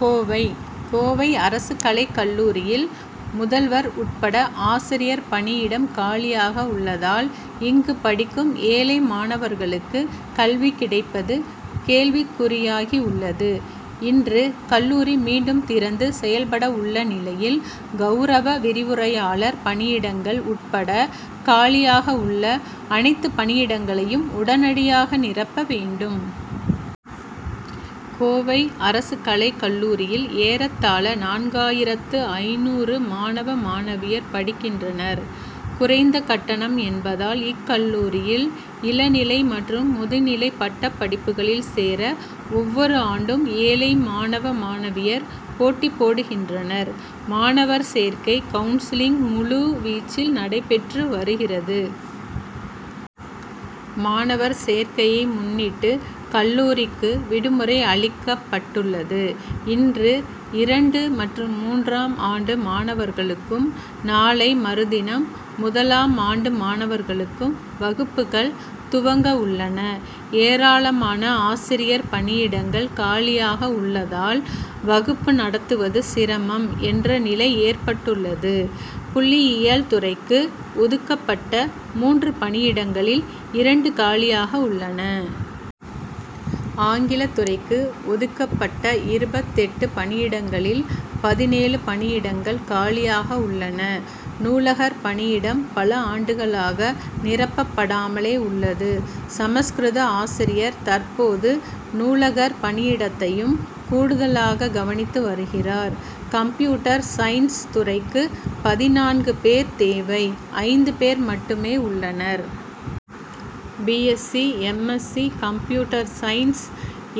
கோவை கோவை அரசு கலைக் கல்லூரியில் முதல்வர் உட்பட ஆசிரியர் பணியிடம் காலியாக உள்ளதால், இங்கு படிக்கும் ஏழை மாணவர்களுக்கு கல்வி கிடைப்பது கேள்விக்குறியாகியுள்ளது. இன்று கல்லூரி மீண்டும் திறந்து செயல்படவுள்ள நிலையில், கவுரவ விரிவுரையாளர் பணியிடங்கள் உட்பட காலியாக உள்ள அனைத்து பணியிடங்களையும் உடனடியாக நிரப்ப வேண்டும். கோவை அரசு கலைக் கல்லூரியில் ஏறத்தாழ நான்காயிரத்து ஐந்நூறு மாணவ மாணவியர் படிக்கின்றனர். குறைந்த கட்டணம் என்பதால் இக்கல்லூரியில் இளநிலை மற்றும் முதுநிலை பட்டப்படிப்புகளில் சேர ஒவ்வொரு ஆண்டும் ஏழை மாணவ மாணவியர் போட்டி போடுகின்றனர். மாணவர் சேர்க்கை கவுன்சிலிங் முழு வீச்சில் நடைபெற்று வருகிறது. மாணவர் சேர்க்கையை முன்னிட்டு கல்லூரிக்கு விடுமுறை அளிக்கப்பட் டுள்ளது. இன்று இரண்டு மற்றும் மூன்றாம் ஆண்டு மாணவர்களுக்கும், நாளை மறுதினம் முதலாம் ஆண்டு மாணவர்களுக்கும் வகுப்புகள் துவங்கவுள்ளன. ஏராளமான ஆசிரியர் பணியிடங்கள் காலியாக உள்ளதால் வகுப்பு நடத்துவது சிரமம் என்ற நிலை ஏற்பட்டுள்ளது. புள்ளியியல் துறைக்கு ஒதுக்கப்பட்ட மூன்று பணியிடங்களில் இரண்டு காலியாக உள்ளன. ஆங்கில துறைக்கு ஒதுக் கப்பட்ட இருபத்தெட்டு பணியிடங்களில் பதினேழு பணியிடங்கள் காலியாக உள்ளன. நூலகர் பணியிடம் பல ஆண்டுகளாக நிரப்பப்படாமலே உள்ளது. சமஸ்கிருத ஆசிரியர் தற்போது நூலகர் பணியிடத்தையும் கூடுதலாக கவனித்து வருகிறார். கம்ப்யூட்டர் சயின்ஸ் துறைக்கு பதினான்கு பேர் தேவை. ஐந்து பேர் மட்டுமே உள்ளனர். B. S. C., M. S. C., computer science,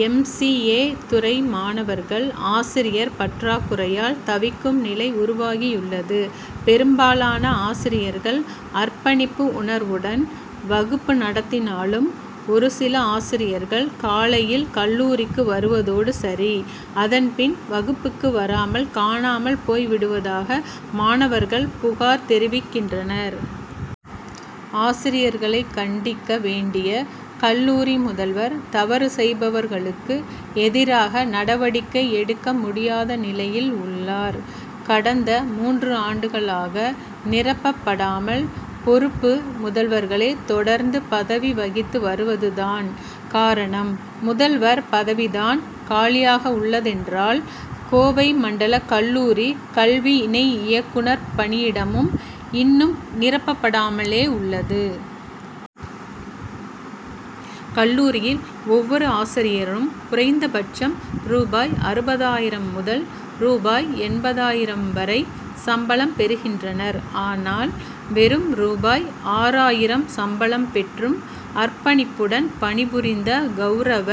M. C. A., துறை மாணவர்கள், ஆசிரியர் பற்றாக்குறையால் தவிக்கும் நிலை உருவாகியுள்ளது. பெரும்பாலான ஆசிரியர்கள், அர்ப்பணிப்பு உணர்வுடன் வகுப்பு நடத்தினாலும், ஒரு சில ஆசிரியர்கள் காலையில் கல்லூரிக்கு வருவதோடு சரி. அதன் பின் வகுப்புக்கு வராமல் காணாமல் போய் விடுவதாக மாணவர்கள் புகார் தெரிவிக்கின்றனர். ஆசிரியர்களை கண்டிக்க வேண்டிய கல்லூரி முதல்வர், தவறு செய்பவர்களுக்கு எதிராக நடவடிக்கை எடுக்க முடியாத நிலையில் உள்ளார். கடந்த மூன்று ஆண்டுகளாக நிரப்பப்படாமல் பொறுப்பு முதல்வர்களே தொடர்ந்து பதவி வகித்து வருவதுதான் காரணம். முதல்வர் பதவிதான் காலியாக உள்ளதென்றால், கோவை மண்டல கல்லூரி கல்வி இணை இயக்குனர் பணியிடமும் இன்னும் நிரப்பப்படாமலே உள்ளது. கல்லூரியில் ஒவ்வொரு ஆசிரியரும் குறைந்தபட்சம் ரூபாய். அறுபதாயிரம் முதல் ரூபாய். எண்பதாயிரம் வரை சம்பளம் பெறுகின்றனர். ஆனால் வெறும் ரூபாய். ஆறாயிரம் சம்பளம் பெற்றும் அர்ப்பணிப்புடன் பணிபுரிந்த கவுரவ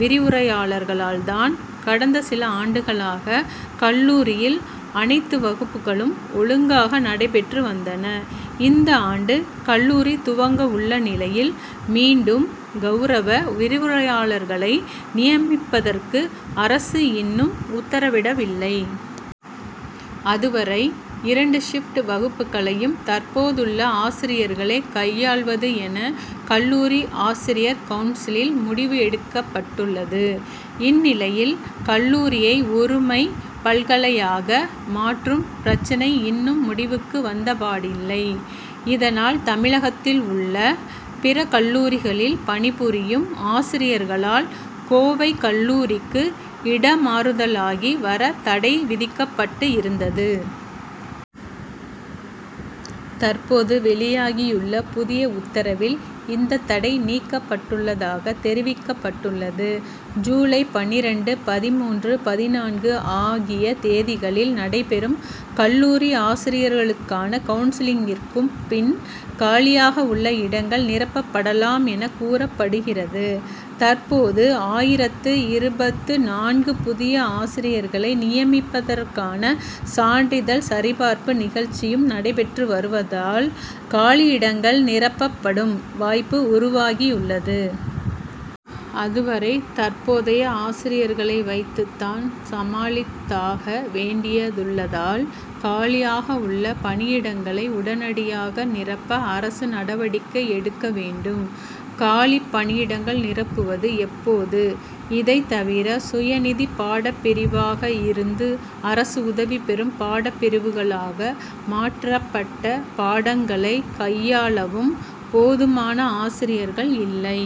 விரிவுரையாளர்களால்தான் கடந்த சில ஆண்டுகளாக கல்லூரியில் அனைத்து வகுப்புகளும் ஒழுங்காக நடைபெற்று வந்தன. இந்த ஆண்டு கல்லூரி துவங்கவுள்ள நிலையில், மீண்டும் கவுரவ விரிவுரையாளர்களை நியமிப்பதற்கு அரசு இன்னும் உத்தரவிடவில்லை. அதுவரை இரண்டு ஷிப்டு வகுப்புகளையும் தற்போதுள்ள ஆசிரியர்களே கையாள்வது என கல்லூரி ஆசிரியர் கவுன்சிலில் முடிவு எடுக்கப்பட் டுள்ளது. இந்நிலையில், கல்லூரியை ஒருமை பல்கலையாக மாற்றும் பிரச்னை இன்னும் முடிவுக்கு வந்தபாடில்லை. இதனால் தமிழகத்தில் உள்ள பிற கல்லூரிகளில் பணிபுரியும் ஆசிரியர்களால் கோவை கல்லூரிக்கு இடமாறுதலாகி வர தடை விதிக்கப்பட்டு இருந்தது. தற்போது வெளியாகியுள்ள புதிய உத்தரவில் இந்த தடை நீக்கப்பட்டுள்ளதாக தெரிவிக்கப்பட்டுள்ளது. ஜூலை பன்னிரண்டு, பதின்மூன்று, பதினான்கு ஆகிய தேதிகளில் நடைபெறும் கல்லூரி ஆசிரியர்களுக்கான கவுன்சிலிங்குக்குப் பின், காலியாக உள்ள இடங்கள் நிரப்பப்படலாம் என கூறப்படுகிறது. தற்போது ஆயிரத்து இருபத்து நான்கு புதிய ஆசிரியர்களை நியமிப்பதற்கான சான்றிதழ் சரிபார்ப்பு நிகழ்ச்சியும் நடைபெற்று வருவதால் காலியிடங்கள் நிரப்பப்படும் வாய்ப்பு உருவாகியுள்ளது. அதுவரை தற்போதைய ஆசிரியர்களை வைத்துதான் சமாளித்தாக வேண்டியதுள்ளதால், காலியாக உள்ள பணியிடங்களை உடனடியாக நிரப்ப அரசு நடவடிக்கை எடுக்க வேண்டும். காலி பணியிடங்கள் நிரப்புவது எப்போது? இதைத் தவிர, சுயநிதி பாடப்பிரிவாக இருந்து அரசு உதவி பெறும் பாடப் பிரிவுகளாக மாற்றப்பட்ட பாடங்களை கையாளவும் போதுமான ஆசிரியர்கள் இல்லை.